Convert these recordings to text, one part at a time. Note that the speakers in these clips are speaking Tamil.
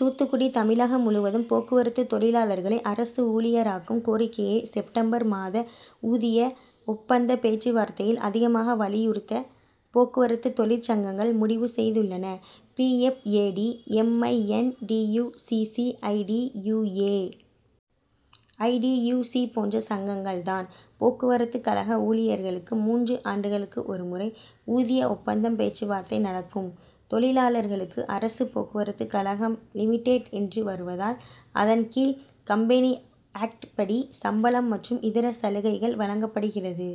தூத்துக்குடி தமிழகம் முழுவதும் போக்குவரத்து தொழிலாளர்களை அரசு ஊழியராக்கும் கோரிக்கையை செப்டம்பர் மாத ஊதிய ஒப்பந்த பேச்சுவார்த்தையில் அதிகமாக வலியுறுத்த போக்குவரத்து தொழிற்சங்கங்கள் முடிவு செய்துள்ளன. P. F, A. T. M, I. N. T. U. C, C. I. T. U, A. I. T. U. C போன்ற சங்கங்கள் தான். போக்குவரத்துகழக ஊழியர்களுக்கு மூன்று ஆண்டுகளுக்கு ஒரு முறை ஊதிய ஒப்பந்த பேச்சுவார்த்தை நடக்கும். தொழிலாளர்களுக்கு அரசு போக்குவரத்துகழகம் லிமிடெட் என்று வருவதால் அதன் கீழ் கம்பெனி ஆக்ட் படி சம்பளம் மற்றும் இதர சலுகைகள் வழங்கப்படுகிறது.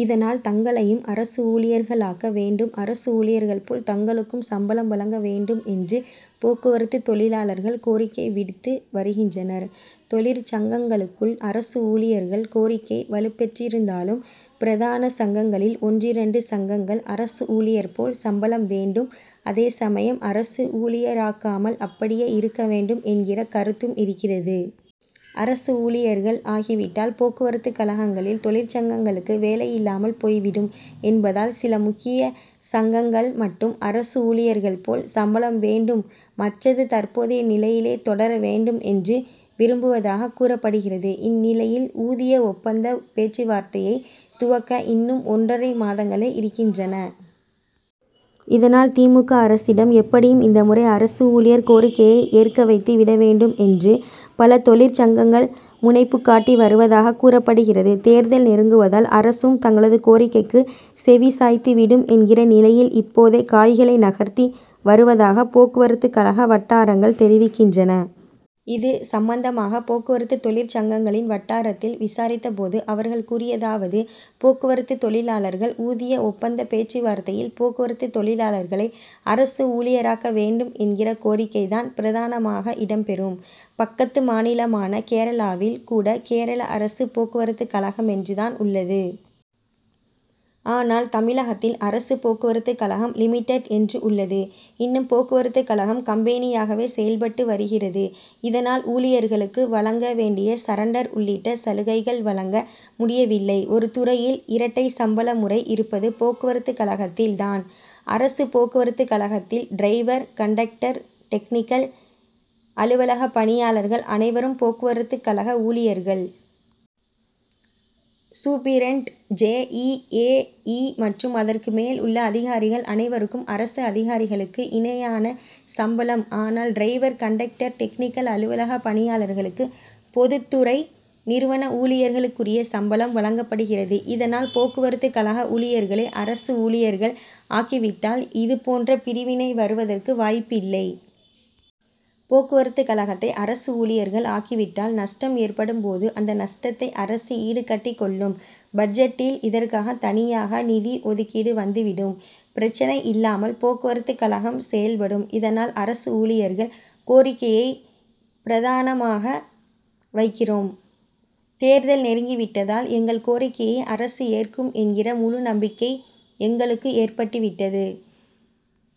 இதனால் தங்களையும் அரசு ஊழியர்களாக்க வேண்டும். அரசு ஊழியர்கள் போல் தங்களுக்கும் சம்பளம் வழங்க வேண்டும் என்று போக்குவரத்து தொழிலாளர்கள் கோரிக்கை விடுத்து வருகின்றனர். தொழிற்சங்கங்களுக்குள் அரசு ஊழியர்கள் கோரிக்கை வலுப்பெற்றிருந்தாலும் பிரதான சங்கங்களில் ஒன்றிரெண்டு சங்கங்கள் அரசு ஊழியர் போல் சம்பளம் வேண்டும். அதே சமயம் அரசு ஊழியராக்காமல் அப்படியே இருக்க வேண்டும் என்கிற கருத்தும் இருக்கிறது. அரசு ஊழியர்கள் ஆகி விட்டால் போக்குவரத்துகழகங்களில் தொழிற்சங்கங்களுக்கு வேலை இல்லாமல் போய்விடும் என்பதால் சில முக்கிய சங்கங்கள் மட்டும் அரசு ஊழியர்கள் போல் சம்பளம் வேண்டும். மற்றது தற்போதைய நிலையிலே தொடர வேண்டும் என்று விரும்புதவாக கூறப்படுகிறது. இந்நிலையில் ஊதிய ஒப்பந்த பேச்சுவார்த்தையை துவக்க இன்னும் ஒன்றரை மாதங்களே இருக்கின்றன. இதனால் திமுக அரசிடம் எப்படியும் இந்த முறை அரசு ஊழியர் கோரிக்கையை ஏற்க வைத்து விட வேண்டும் என்று பல தொழிற்சங்கங்கள் முனைப்புகாட்டி வருவதாக கூறப்படுகிறது. தேர்தல் நெருங்குவதால் அரசும் தங்களது கோரிக்கைக்கு செவிசாய்த்து விடும் என்கிற நிலையில் இப்போதே காய்களை நகர்த்தி வருவதாக போக்குவரத்துகழக வட்டாரங்கள் தெரிவிக்கின்றன. இது சம்பந்தமாக போக்குவரத்து தொழிற்சங்கங்களின் வட்டாரத்தில் விசாரித்த போது அவர்கள் கூறியதாவது போக்குவரத்து தொழிலாளர்கள் ஊதிய ஒப்பந்த பேச்சுவார்த்தையில் போக்குவரத்து தொழிலாளர்களை அரசு ஊழியராக்க வேண்டும் என்கிற கோரிக்கை தான் பிரதானமாக இடம் பெறும். பக்கத்து மாநிலமான கேரளாவில் கூட கேரள அரசு போக்குவரத்துகழகம் என்று தான் உள்ளது. ஆனால் தமிழகத்தில் அரசு போக்குவரத்துகழகம் லிமிடட் என்று உள்ளது. இன்னும் போக்குவரத்துகழகம் கம்பெனியாகவே செயல்பட்டு வருகிறது. இதனால் ஊழியர்களுக்கு வழங்க வேண்டிய சரண்டர் உள்ளிட்ட சலுகைகள் வழங்க முடியவில்லை. ஒரு துறையில் இரட்டை சம்பள முறை இருப்பது போக்குவரத்துகழகத்தில் தான். அரசு போக்குவரத்துகழகத்தில் டிரைவர், கண்டக்டர், டெக்னிக்கல், அலுவலக பணியாளர்கள் அனைவரும் போக்குவரத்துகழக ஊழியர்கள். சூப்பிரெண்ட், ஜெ. இ., ஏ. இ மற்றும் அதற்கு மேல் உள்ள அதிகாரிகள் அனவருக்கும் அரசு அதிகாரிகளுக்கு இணையான சம்பளம். ஆனால் டிரைவர், கண்டக்டர், டெக்னிக்கல், அலுவலக பணியாளர்களுக்கு பொதுத்துறை நிறுவன ஊழியர்களுக்குரிய சம்பளம் வழங்கப்படுகிறது. இதனால் போக்குவரத்துகழக ஊழியர்களை அரசு ஊழியர்கள் ஆக்கிவிட்டால் இதுபோன்ற பிரிவினை வருவதற்கு வாய்ப்பு இல்லை. போக்குவரத்துகழகத்தை அரசு ஊழியர்கள் ஆக்கிவிட்டால் நஷ்டம் ஏற்படும் போது அந்த நஷ்டத்தை அரசு ஈடுகட்டிக் கொள்ளும். பட்ஜெட்டில் இதற்காக தனியாக நிதி ஒதுக்கீடு வந்துவிடும். பிரச்னை இல்லாமல் போக்குவரத்துகழகம் செயல்படும். இதனால் அரசு ஊழியர்கள் கோரிக்கையை பிரதானமாக வைக்கிறோம். தேர்தல் நெருங்கி விட்டதால் எங்கள் கோரிக்கையை அரசு ஏற்கும் என்கிற முழு நம்பிக்கை எங்களுக்கு ஏற்பட்டு விட்டது.